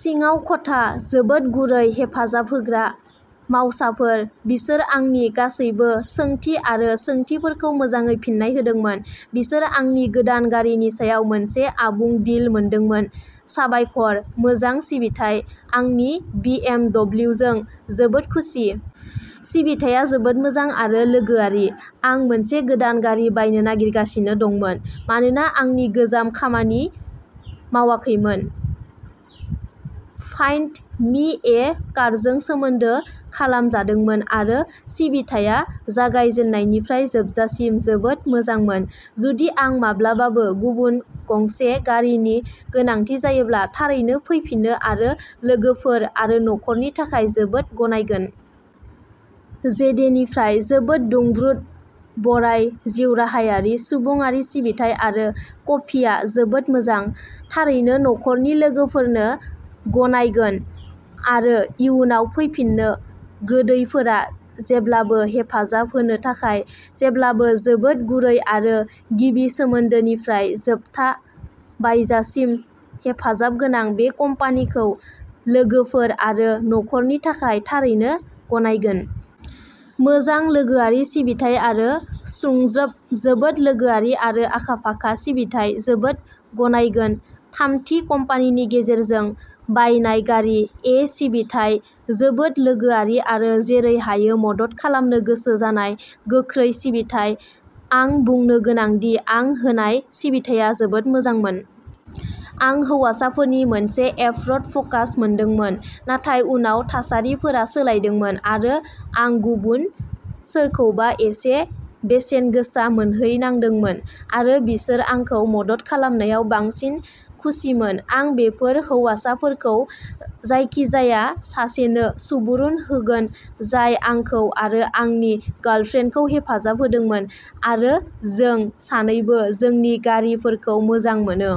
सिङाव खथा! जोबोद गुरै आरो हेफाजाब होग्रा मावसाफोर, बिसोर आंनि गासैबो सोंथि आरो सोंथिफोरखौ मोजाङै फिन्नाय होदोंमोन। बिसोर आंनि गोदान गारिनि सायाव मोनसे आबुं डिल मोनदोंमोन, साबायखर! मोजां सिबिथाइ! आंनि बि.एम. दब्लिउ जों जोबोद खुसि! सिबिथाया जोबोद मोजां आरो लोगोआरि! आं मोनसे गोदान गारि बायनो नागिरगासिनो दंमोन मानोना आंनि गोजामआ खामानि मावाखैमोन। फाइन्ड-मि-ए-कारजों सोमोन्दो खालामजादोंमोन आरो सिबिथाया जागायजेन्नायनिफ्राय जोबजासिम जोबोद मोजांमोन। जुदि आं माब्लाबाबो गुबुन गंसे गारिनि गोनांथि जायोब्ला थारैनो फैफिनो आरो लोगोफोर आरो नख'रनि थाखाय जोबोद गनायगोन। जेडेनिफ्राय जोबोद दुंब्रुद बराय, जिउराहायारि, सुबुंआरि सिबिथाइ आरो कफिआ जोबोद मोजां। थारैनो नखरनि लोगोफोरनो गनायगोन आरो इयुनाव फैफिनो। गोदैफोरा जेब्लाबो हेफाजाब होनो थाखाय। जेब्लाबो जोबोद गुरै आरो गिबि सोमोन्दोनिफ्राय जोबथा बायजासिम हेफाजाबगोनां। बे कम्पानिखौ लोगोफोर आरो नख'रनि थाखाय थारैनो गनायगोन। मोजां लोगोआरि सिबिथाइ आरो सुंज्रोब। जोबोद लोगोआरि आरो आखा-फाखा सिबिथाइ, जोबोद गनायगोन। थामथि कम्पानिनि गेजेरजों बायनाय गारि। ए सिबिथाइ। जोबोद लोगोआरि आरो जेरै हायो मदद खालामनो गोसो जानाय। गोख्रै सिबिथाइ! आं बुंनो गोनां दि आं होनाय सिबिथाया जोबोद मोजांमोन!! आं हौवाफोरनि मोनसे फ'र्ड फ'कास मोनदोंमोन नाथाय उनाव थासारिफोरा सोलायदोंमोन आरो आं गुबुन सोरखौबा एसे बेसेनगोसा मोनहैनांदोंमोन आरो बिसोर आंखौ मदद खालामनायाव बांसिन खुसिमोन! आं बेफोर हौवाफोरखौ जायखिजाया सासेनो सुबुरुन होगोन जाय आंखौ आरो आंनि गार्लफ्रेन्डखौ हेफाजाब होदोंमोन आरो जों सानैबो जोंनि गारिफोरखौ मोजां मोनो!!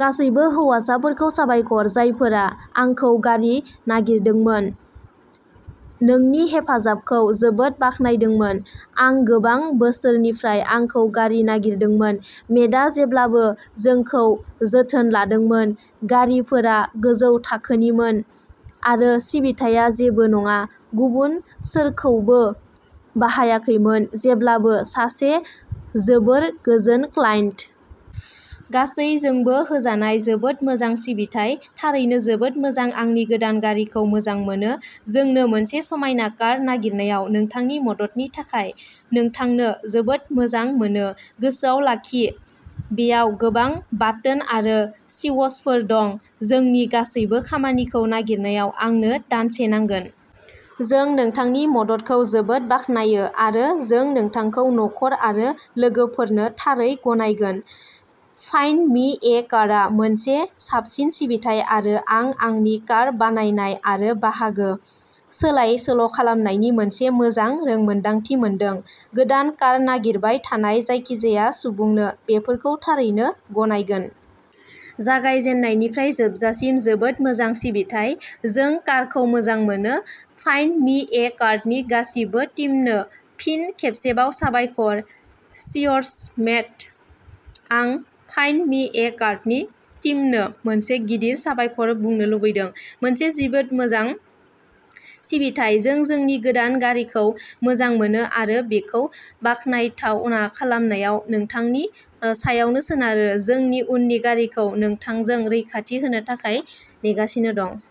गासैबो हौवाफोरखौ साबायखर, जायफोरा आंखौ गारि नागिरदोंमोन, नोंनि हेफाजाबखौ जोबोद बाख्नायदोंमोन! आं गोबां बोसोरनिफ्राय आंखौ गारि नागिरदोंमोन, मेटआ जेब्लाबो जोंखौ जोथोन लादोंमोन। गारिफोरा गोजौ थाखोनिमोन। आरो सिबिथाया जेबो नङा। गुबुन सोरखौबो बाहायाखैमोन। जेब्लाबो सासे जोबोद गोजोन क्लायन्ट। गासैबोजों होजानाय जोबोद मोजां सिबिथाइ। थारैनो जोबोद मोजां। आंनि गोदान गारिखौ मोजां मोनो!! जोंनो मोनसे समायना कार नागिरनायाव नोंथांनि मददनि थाखाय नोंथांनो जोबोद मोजां मोनो, गोसोआव लाखि बेयाव गोबां बाटोन आरो स्विचफोर दं, जोंनि गासैबो खामानिखौ नागिरनायाव आंनो दानसे नांगोन। जों नोंथांनि मददखौ जोबोद बाख्नायो आरो जों नोंथांखौ नखर आरो लोगोफोरनो थारै गनायगोन। फाइन्ड-मी-ए-कारआ मोनसे साबसिन सिबिथाइ आरो आं आंनि कार बायनाय आरो बाहागो सोलाय-सोल'खालामनायनि मोनसे मोजां रोंमोनदांथि मोनदों। गोदान कार नागिरबाय थानाय जायखिजाया सुबुंनो बेफोरखौ थारैनो गनायगोन। जागायजेन्नायनिफ्राय जोबजासिम जोबोद मोजां सिबिथाइ। जों कारखौ मोजां मोनो। फाइन्ड-मी-ए-कारनि गासिबो टीमनो फिन खेबसेबाव साबायखर। चियर्स मेट!! आं फाइन्ड-मी-ए-कारनि टीमनो मोनसे गिदिर "साबायखर" बुंनो लुबैदों, मोनसे जोबोद मोजां सिबिथाइ। जों जोंनि गोदान गारिखौ मोजां मोनो आरो बेखौ जाथावना खालामनायाव नोंथांनि सायावसो सोनारो। जोंनि उननि गारिखौ नोंथांजों रैखाथि होनो थाखाय नेगासिनो दं।